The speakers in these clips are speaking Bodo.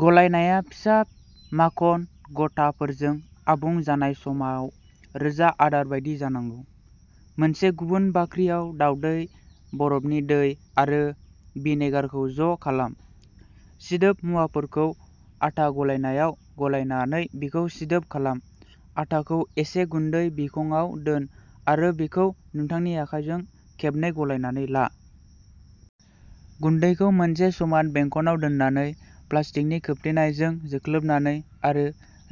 गलायनाया फिसा माखन गथाफोरजों आबुं जानाय समाव रोजा आदार बायदि जानांगौ। मोनसे गुबुन बाख्रियाव, दावदै, बरफनि दै आरो भिनेगारखौ ज'खालाम। सिदोब मुवाफोरखौ आटा गलायनायाव गलायनानै बेखौ सिदोब खालाम। आटाखौ एसे गुन्दै बिखंआव दोन, आरो बेखौ नोंथांनि आखाइजों खेबनै गलायनानै ला। गुन्दैखौ मोनसे समान बेंखनआव दोननानै, प्लास्टिकनि खोबथेनायजों जोख्लोबनानै, आरो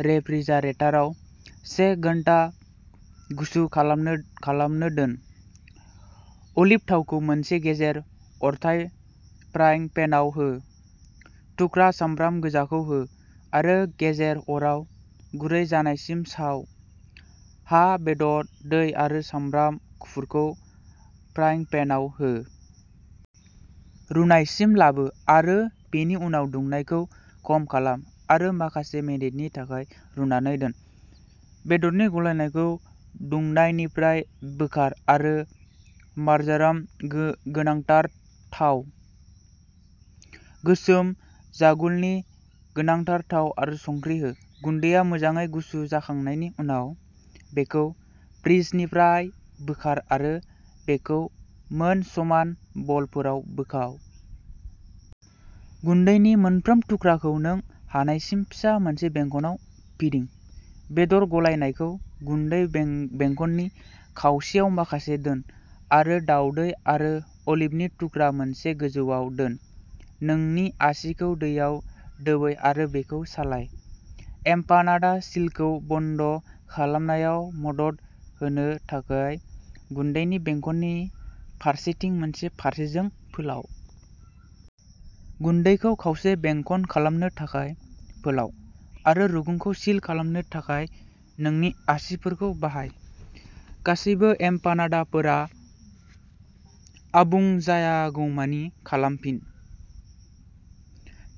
रेफ्रिजारेटाराव से घन्टा गुसु खालामनो दोन। अलिभ थावखौ मोनसे गेजेर-अरथाय फ्राइं पेनआव हो। थुख्रा सामब्राम गोजाखौ हो, आरो गेजेर अराव गुरै जानायसिम साव। हा-बेदर, दै आरो सामब्राम गुफुरखौ फ्राइं पेनआव हो। रुनायसिम लाबो, आरो बेनि उनाव दुंनायखौ खम खालाम आरो माखासे मिनिटनि थाखाय रुनानै दोन। बेदरनि गलायनायखौ दुंनायनिफ्राय बोखार, आरो मार्जराम गोनांथार थाव, गोसोम जालुगनि गोनांथार थाव आरो संख्रि हो। गुन्दैआ मोजाङै गुसु जाखांनायनि उनाव, बेखौ फ्रिजनिफ्राय बोखार आरो बेखौ मोन समान बलफोराव बोखाव। गुन्दैनि मोनफ्रोम थुख्राखौ नों हानायसिम फिसा मोनसे बें-बेंखनआव फिदिं। बेदर गलायनायखौ गुन्दै बेंखननि खावसेयाव माखासे दोन, आरो दावदै आरो अलिभनि थुख्रा मोनसे गोजौआव दोन। नोंनि आसिखौ दैयाव दोबै आरो बेखौ सालाय। एमपानादा सिलखौ बन्द खालामनायाव मदद होनो थाखाय गुन्दैनि बेंखननि फारसेथिं मोनसे फारसेजों फोलाव। गुन्दैखौ खावसे बेंखन खालामनो थाखाय फोलाव, आरो रुगुंखौ सिल खालामनो थाखाय नोंनि आसिफोरखौ बाहाय। गासैबो एमपानादाफोरा आबुं जायागौमानि खालामफिन।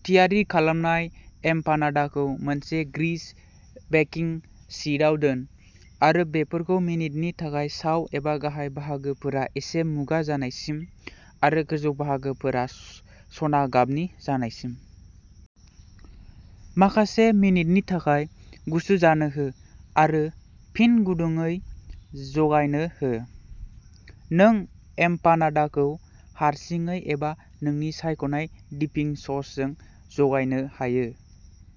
थियारि खालामनाय एमपानादाखौ मोनसे ग्रीस बेकिं शीटआव दोन, आरो बेफोरखौ मिनिटनि थाखाय साव, एबा गाहाय बाहागोफोरा एसे मुगा जानायसिम आरो गोजौ बाहागोफोरा सना गाबनि जानायसिम। माखासे मिनिटनि थाखाय गुसु जानो हो आरो फिन गुदुंयै जगायनो हो। नों एमपानादाखौ हारसिङै एबा नोंनि सायख'नाय डिपिं ससजों जगायनो हायो।